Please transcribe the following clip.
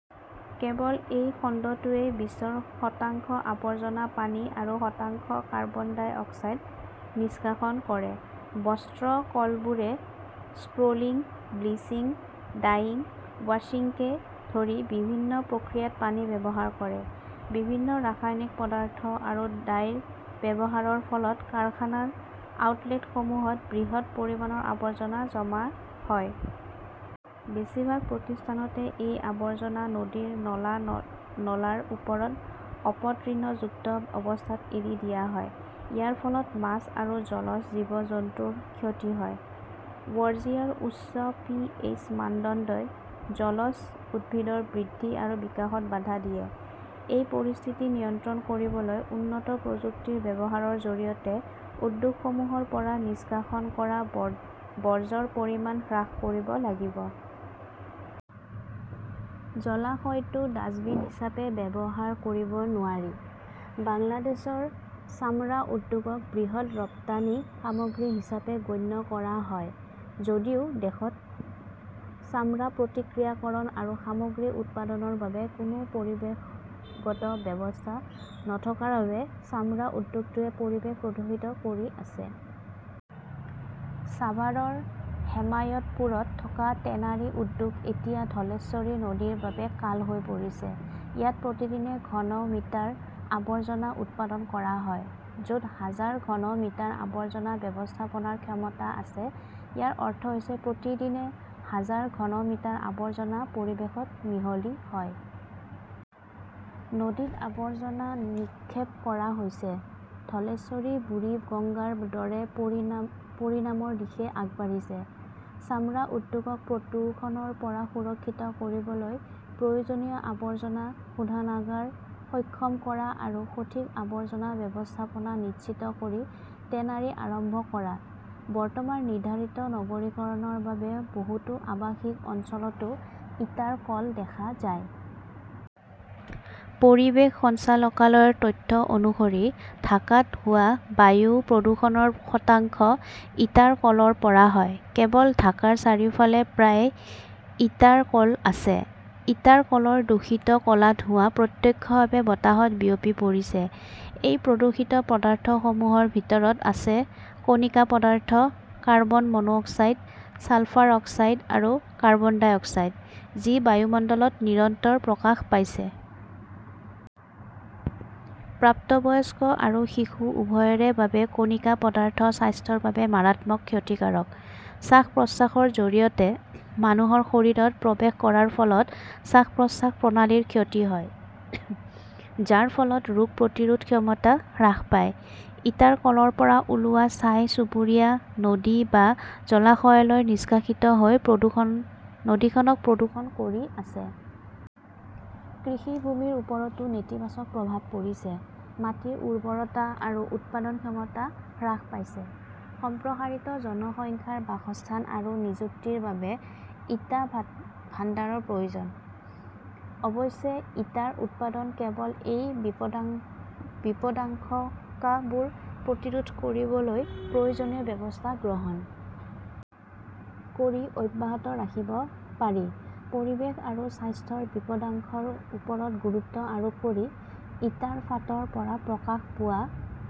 কেৱল এই খণ্ডটোৱেই বিশ্বৰ শতাংশ আৱৰ্জনা পানী আৰু শতাংশ কাৰ্বন ডাই অক্সাইড নিষ্কাশন কৰে। বস্ত্ৰ কলবোৰে স্ক্ৰলিং, ব্লিচিং, ডাইং, ৱাশ্বিংকে ধৰি বিভিন্ন প্ৰক্ৰিয়াত পানী ব্যৱহাৰ কৰে। বিভিন্ন ৰাসায়নিক পদাৰ্থ আৰু ডাইৰ ব্যৱহাৰৰ ফলত কাৰখানাৰ আউটলেটসমূহত বৃহৎ পৰিমাণৰ আৱৰ্জনা জমা হয়। বেছিভাগ প্ৰতিষ্ঠানতে এই আৱৰ্জনা নদীৰ নলা-নলাৰ ওপৰত অপতৃণযুক্ত অৱস্থাত এৰি দিয়া হয়। ইয়াৰ ফলত মাছ আৰু জলজ জীৱ-জন্তুৰ ক্ষতি হয়। বৰ্জিয়াৰ উচ্চ পিএইচ মানদণ্ডই জলজ উদ্ভিদৰ বৃদ্ধি আৰু বিকাশত বাধা দিয়ে। এই পৰিস্থিতি নিয়ন্ত্ৰণ কৰিবলৈ উন্নত প্ৰযুক্তিৰ ব্যৱহাৰৰ জৰিয়তে উদ্যোগসমূহৰ পৰা নিষ্কাশন কৰা বৰ্জৰ পৰিমাণ হ্ৰাস কৰিব লাগিব। জলাশয়টো ডাস্টবিন হিচাপে ব্যৱহাৰ কৰিব নোৱাৰি। বাংলাদেশৰ চামৰা উদ্যোগক বৃহৎ ৰপ্তানি সামগ্ৰী হিচাপে গণ্য কৰা হয় যদিও দেশত চামৰা প্ৰক্ৰিয়াকৰণ আৰু সামগ্ৰী উৎপাদনৰ বাবে কোনো পৰিৱেশগত ব্যৱস্থা নথকাৰ বাবে চামৰা উদ্যোগটোৱে পৰিৱেশ প্ৰদূষিত কৰি আছে। ছাভাৰৰ হেমায়তপুৰত থকা টেনাৰী উদ্যোগ এতিয়া ধলেশ্বৰী নদীৰ বাবে কাল হৈ পৰিছে। ইয়াত প্ৰতিদিনে ঘন মিটাৰ আৱৰ্জনা উৎপাদন কৰা হয়। য 'ত হাজাৰ ঘন মিটাৰ আৱৰ্জনা ব্যৱস্থাপনাৰ ক্ষমতা আছে। ইয়াৰ অৰ্থ হৈছে প্ৰতিদিনে হাজাৰ ঘন মিটাৰ আৱৰ্জনা পৰিৱেশত মিহলি হয়। নদীত আৱৰ্জনা নিক্ষেপ কৰা হৈছে। ধলেশ্বৰী বুৰিগঙ্গাৰ দৰে পৰিণামৰ দিশে আগবাঢ়িছে। চামৰা উদ্যোগক প্ৰদূষণৰ পৰা সুৰক্ষিত কৰিবলৈ প্ৰয়োজনীয় আৱৰ্জনা শোধনাগাৰ সক্ষম কৰা আৰু সঠিক আৱৰ্জনা ব্যৱস্থাপনা নিশ্চিত কৰি টেনাৰী আৰম্ভ কৰা। বৰ্তমান নিৰ্ধাৰিত নগৰীকৰণৰ বাবে বহুতো আৱাসিক অঞ্চলতো ইটাৰ কল দেখা যায়। পৰিৱেশ সঞ্চালকালয়ৰ তথ্য অনুসৰি, ঢাকাত হোৱা বায়ু প্ৰদূষণৰ শতাংশ ইটাৰ কলৰ পৰা হয়। কেৱল ঢাকাৰ চাৰিওফালে প্ৰায় ইটাৰ কল আছে। ইটাৰ কলৰ দূষিত ক 'লা ধোঁৱা প্ৰত্যক্ষভাৱে বতাহত বিয়পি পৰিছে। এই প্ৰদূষিত পদাৰ্থসমূহৰ ভিতৰত আছে কণিকা পদাৰ্থ, carbon monoxide, sulphur oxide আৰু কাৰ্বন ডাই অক্সাইড, যি বায়ুমণ্ডলত নিৰন্তৰ প্ৰকাশ পাইছে। প্ৰাপ্তবয়স্ক আৰু শিশু উভয়ৰে বাবে কণিকা পদাৰ্থ স্বাস্থ্যৰ বাবে মাৰাত্মক ক্ষতিকাৰক। শ্বাস-প্ৰশ্বাসৰ জৰিয়তে মানুহৰ শৰীৰত প্ৰৱেশ কৰাৰ ফলত শ্বাস-প্ৰশ্বাস প্ৰণালীৰ ক্ষতি হয়, যাৰ ফলত ৰোগ প্ৰতিৰোধ ক্ষমতা হ্ৰাস পায়। ইটাৰ কলৰ পৰা ওলোৱা ছাই চুবুৰীয়া নদী বা জলাশয়লৈ নিষ্কাশিত হৈ নদীখনক প্ৰদূষণ কৰি আছে। কৃষি ভূমিৰ ওপৰতো নেতিবাচক প্ৰভাৱ পৰিছে। মাটিৰ উৰ্বৰতা আৰু উৎপাদন ক্ষমতা হ্ৰাস পাইছে। সম্প্ৰসাৰিত জনসংখ্যাৰ বাসস্থান আৰু নিযুক্তিৰ বাবে ইটা ভাণ্ডাৰৰ প্ৰয়োজন। অৱশ্যে, ইটাৰ উৎপাদন কেৱল এই বিপদাশংকাবোৰ প্ৰতিৰোধ কৰিবলৈ প্ৰয়োজনীয় ব্যৱস্থা গ্ৰহণ কৰি অব্যাহত ৰাখিব পাৰি, পৰিৱেশ আৰু স্বাস্থ্যৰ বিপদাশংকাৰ ওপৰত গুৰুত্ব আৰোপ কৰি, ইটাৰ ফাঁটৰ পৰা প্ৰকাশ পোৱা